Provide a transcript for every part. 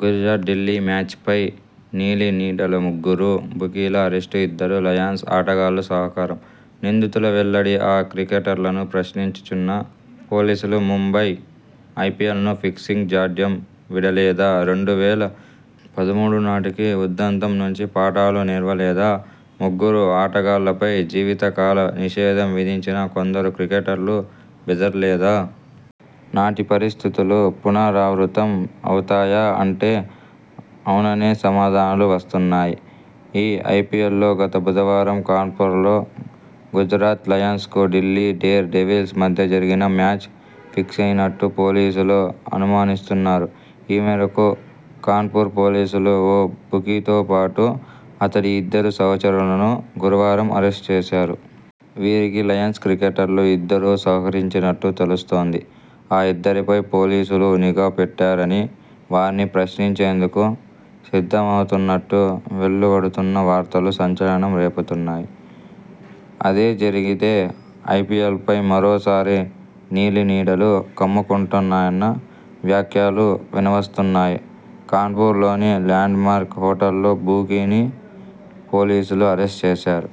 Gujarat Delhi match పై నీలినీడలముగ్గురు బుకీల అరెస్ట్ఇద్దరు లయాన్స్ ఆటగాళ్ల సహకారం! నిందితుల వెల్లడి ఆ క్రికెటర్లను ప్రశ్నించిచున్న పోలీసులుముంబై ఐపీఎల్ ను ఫిక్సింగ్ జాఢ్యం వీడలేదా..రెండు వేల పదమూడునాటికి ఉదంతం నుంచి పాఠాలు నేర్వలేదా.. ముగ్గురు ఆటగాళ్లపై జీవితకాల నిషేధం విధించినా కొందరు క్రికెటర్లు బెదర్లేదా.. నాటి పరిస్థితులు పునరావృతం అవుతాయా.. అంటే అవుననే సమాధానాలు వస్తున్నాయి. ఈ ఐపీఎల్లో గత బుధవారం కాన్పూర్లో గుజరాత్ లయన్స్ కు ఢిల్లీ డేర్ డెవిల్స్ మధ్య జరిగిన మ్యాచ్ ఫిక్సయినట్టు పోలీసులు అనుమానిస్తున్నారు. ఈమేరకు కాన్పూర్ పోలీసులు ఓ బుకీతోపాటు అతడి ఇద్దరు సహచరులను గురువారం అరెస్ట్ చేశారు. వీరికి లయన్స్ క్రికెటర్లు ఇద్దరు సహకరించినట్టు తెలుస్తోంది. ఆ ఇద్దరిపై పోలీసులు నిఘా పెట్టారని, వారిని ప్రశ్నించేందుకు సిద్ధమవుతున్నట్టు వెల్లువడుతున్న వార్తలు సంచలనం రేపుతున్నాయి. అదే జరిగితే ఐపీఎల్ పై మరోసారి నీలినీడలు కమ్ముకుంటున్నఅన్న వ్యాఖ్యలు వినవస్తున్నాయి. కాన్పూర్లోని ల్యాండ్మార్క్ హోటల్లో బుకీని పోలీసులు అరెస్ట్ చేశారు.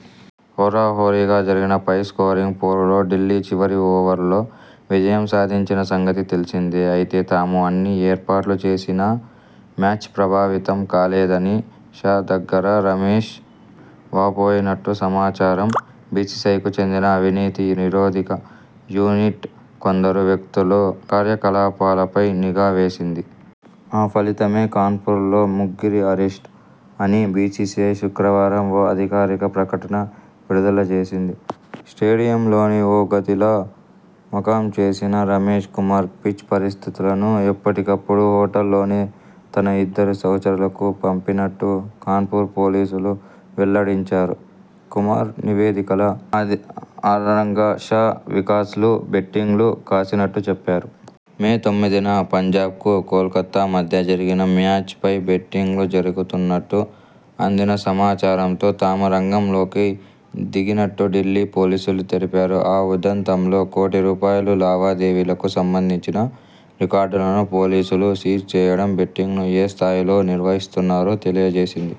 హోరాహోరీగా జరిగిన హై స్కోరింగ్ పోరులో ఢిల్లీ చివరి ఓవర్లో విజయం సాధించిన సంగతి తెలిసిందే. అయితే తాము అన్ని 'ఏర్పాట్లు' చేసినా మ్యాచ్ ప్రభావితం కాలేదని షా దగ్గర రమేష్ వాపోయినట్టు సమాచారం 'బీసీసీఐకి చెందిన అవినీతి నిరోదిక యూనిట్ కొందరు వ్యక్తులు కార్యకలాపాలపై నిఘా వేసింది. ఆ ఫలితమే కాన్పూర్లో ముగ్గురి అరెస్ట్' అని బీసీసీఐ శుక్రవారం ఓ అధికారిక ప్రకటన విడుదలజేసింది. స్టేడియంలోని ఓ గదిలో మకాం చేసిన రమేష్ కుమార్.. పిచ్ పరిస్థితులను ఎప్పటికప్పుడు హోటల్లోని తన ఇద్దరు సహచరులకు పంపినట్టు కాన్పూర్ పోలీసులు వెల్లడించారు. కుమార్ నివేదికల అది ఆధారంగా షా, వికాస్ లు బెట్టింగ్లు కాసినట్టు చెప్పారు. మేతొమ్మిదిన పంజాబ్ కు కోల్కతా మధ్య జరిగిన మ్యాచ్ పై బెట్టింగ్లు జరుగుతున్నట్టు అందిన సమాచారంతో తాము రంగంలోకి దిగినట్టు ఢిల్లీ పోలీసులు తెలిపారు. ఆ ఉదంతంలో.. కోటి రూపాయలు లావాదేవీలకు సంబంధించిన రికార్డులను పోలీసులు సీజ్ చేయడం బెట్టింగ్ను ఏ స్థాయిలో నిర్వహిస్తున్నారో తెలియజేసింది.